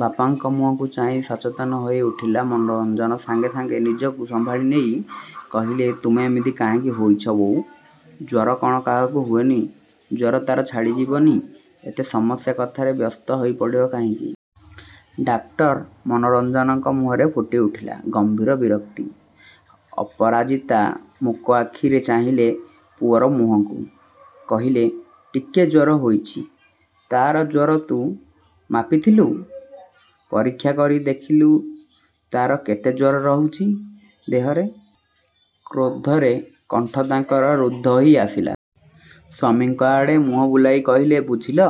ବାପାଙ୍କ ମୁହଁକୁ ଚାହିଁ ସଚେତନ ହୋଇ ଉଠିଲା ମନୋରଞ୍ଜନ। ସାଙ୍ଗେ ସାଙ୍ଗେ ନିଜକୁ ସମ୍ଭାଳି ନେଇ କହିଲେ ତୁମେ ଏମିତି କାହିଁକି ହୋଇଛ ବୋଉ? ଜ୍ୱର କ'ଣ କାହାକୁ ହୁଏନି? ଜ୍ୱର ତା'ର ଛାଡ଼ି ଯିବନି। ଏତେ ସାମାନ୍ୟ କଥାରେ ବ୍ୟସ୍ତ ହୋଇ ପଡ଼ କାହିଁକି? ଡାକ୍ତର ମନୋରଞ୍ଜନଙ୍କ ମୁହଁରେ ଫୁଟି ଉଠିଲା ଗମ୍ଭୀର ବିରକ୍ତି। ଅପରାଜିତା ମୂକ ଆଖିରେ ଚାହିଁଲେ ପୁଅର ମୁହଁକୁ। କହିଲେ ଟିକିଏ ଜ୍ୱର ହୋଇଛି? ତା'ର। ଜ୍ୱର ତୁ ମାପିଥିଲୁ? ପରୀକ୍ଷା କରି ଦେଖିଲୁ ତା'ର କେତେ ଜ୍ୱର ରହୁଛି ଦେହରେ। କ୍ରୋଧରେ କଣ୍ଠ ତାଙ୍କର ରୁଦ୍ଧ ହୋଇ ଆସିଲା। ସ୍ୱାମୀଙ୍କ ଆଡ଼େ ମୁହଁ ବୁଲାଇ କହିଲେ ବୁଝିଲ!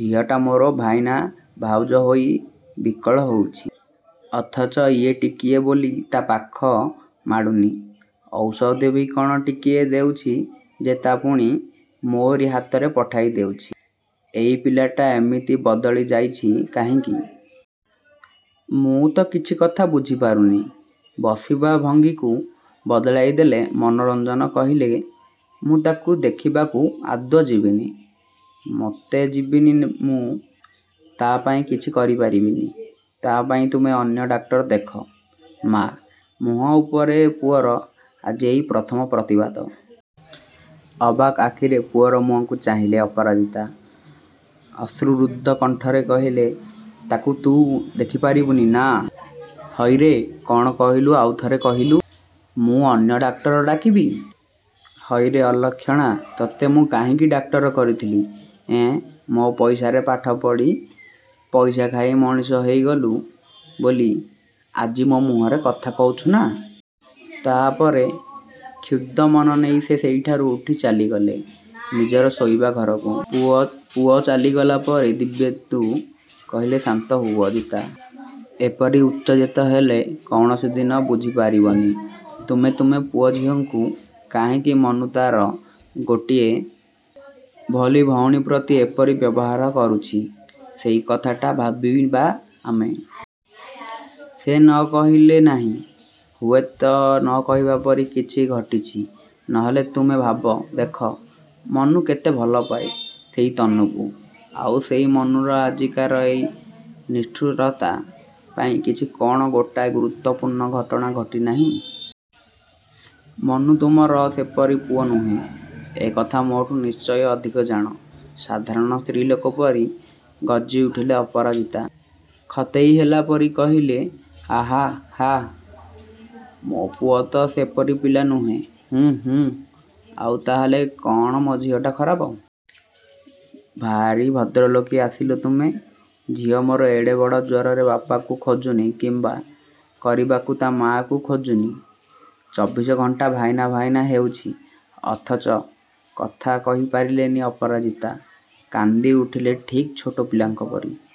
ଝିଅଟା ମୋର ଭାଇନା, ଭାଉଜ ହୋଇ ବିକଳ ହେଉଛି, ଅଥଚ ଇଏ ଟିକିଏ ବୋଲି ତା' ପାଖ ମାଡ଼ୁନି। ଔଷଧ ବି କ'ଣ ଟିକିଏ ଦେଉଛି ଯେ ତା' ପୁଣି ମୋରି ହାତରେ ପଠାଇ ଦେଇଛି। ଏଇ ପିଲାଟା ଏମିତି ବଦଳି ଯାଇଛି କାହିଁକି? ମୁଁ ତ କିଛି କଥା ବୁଝି ପାରୁନି! ବସିବା ଭଙ୍ଗୀକୁ ବଦଳାଇ ଦେଲେ ମନୋରଞ୍ଜନ, କହିଲେ ମୁଁ ତାକୁ ଦେଖିବାକୁ ଆଦୌ ଯିବିନି, ମୋଟେ ଯିବିନି। ମୁଁ ତା' ପାଇଁ କିଛି କରି ପାରିବିନି। ତା' ପାଇଁ ତୁମେ ଅନ୍ୟ ଡାକ୍ତର ଦେଖ। ମାଆ ମୁହଁ ଉପରେ ପୁଅର ଆଜି ଏଇ ପ୍ରଥମ ପ୍ରତିବାଦ। ଅବାକ୍ ଆଖିରେ ପୁଅର ମୁହଁକୁ ଚାହିଁଲେ ଅପରାଜିତା। ଅଶ୍ରୁରୁଦ୍ଧ କଣ୍ଠରେ କହିଲେ ତାକୁ ତୁ ଦେଖି ପାରିବୁନି ନା, ହଇରେ କ'ଣ କହିଲୁ, ଆଉ ଥରେ କହିଲୁ। ମୁଁ ଅନ୍ୟ ଡାକ୍ତର ଡାକିବି। ହଇରେ ଅଲକ୍ଷଣା, ତତେ ମୁଁ କାହିଁକି ଡାକ୍ତର କରିଥିଲି। ଏଁ ମୋ ପଇସାରେ ପାଠ ପଢ଼ି, ପଇସା ଖାଇ ମଣିଷ ହୋଇଗଲୁ ବୋଲି, ଆଜି ମୋ ମୁହଁରେ କଥା କହୁଛୁ ନା? ତା' ପରେ କ୍ଷୁବ୍ଧ ମନ ନେଇ ସେ ସେଠାରୁ ଉଠି ଚାଲିଗଲେ ନିଜର ଶୋଇବା ଘରକୁ। ପୁଅ ଚାଲିଗଲା ପରେ ଦିବ୍ୟେନ୍ଦୁ କହିଲେ ଶାନ୍ତ ହୁଅ ଜିତା, ଏପରି ଉତ୍ତେଜିତ ହେଲେ କୌଣସି ଦିନ ବୁଝି ପାରିବନି ତୁମେ ତୁମ ପୁଅ ଝିଅଙ୍କୁ। କାହିଁକି ମନୁ ତା'ର ଗୋଟିଏ ବୋଲି ଭଉଣୀ ପ୍ରତି ଏପରି ବ୍ୟବହାର କରୁଛି ସେଇ କଥାଟା ଭାବିବା ଆମେ। ସେ ନ କହିଲେ ନାହିଁ। ହୁଏତ ନ କହିବା ପରି କିଛି ଘଟିଛି ନହେଲେ ତୁମେ ଭାବ ଦେଖ ମନୁ କେତେ ଭଲ ପାଏ ସେଇ ତନୁକୁ। ଆଉ ସେଇ ମନୁର ଆଜିକାର ଏଇ ନିଷ୍ଠୁରତା ପାଇଁ କିଛି କ'ଣ ଗୋଟାଏ ଗୁରୁତ୍ୱପୂର୍ଣ୍ଣ ଘଟଣା ଘଟି ନାହିଁ! ମନୁ ତୁମର ସେପରି ପୁଅ ନୁହେଁ, ଏକଥା ମୋଠୁ ନିଶ୍ଚୟ ଅଧିକ ଜାଣ। ସାଧାରଣ ସ୍ତ୍ରୀଲୋକ ପରି ଗର୍ଜି ଉଠିଲେ ଅପରାଜିତା। ଖତେଇ ହେଲା ପରି କହିଲେ ଆହା ହା, ମୋ ପୁଅ ତ ସେପରି ପିଲା ନୁହେଁ। ହୁଁ ହୁଁ ଆଉ, ତାହେଲେ କ'ଣ ମୋ ଝିଅଟା ଖରାପ? ଭାରି ଭଦ୍ରଲୋକି ଆସିଲ ତୁମେ। ଝିଅ ମୋର ଏଡ଼େ ବଡ଼ ଜ୍ୱରରେ ବାପାକୁ ଖୋଜୁନି, କିମ୍ବା କରିବାକୁ ତା' ମାଆକୁ ଖୋଜୁନି। ଚବିଶ ଘଣ୍ଟା ଭାଇନା, ଭାଇନା ହେଉଛି। ଅଥଚ କଥା କହି ପାରିଲେନି ଅପରାଜିତା। କାନ୍ଦି ଉଠିଲେ ଠିକ୍ ଛୋଟ ପିଲାଙ୍କ ପରି।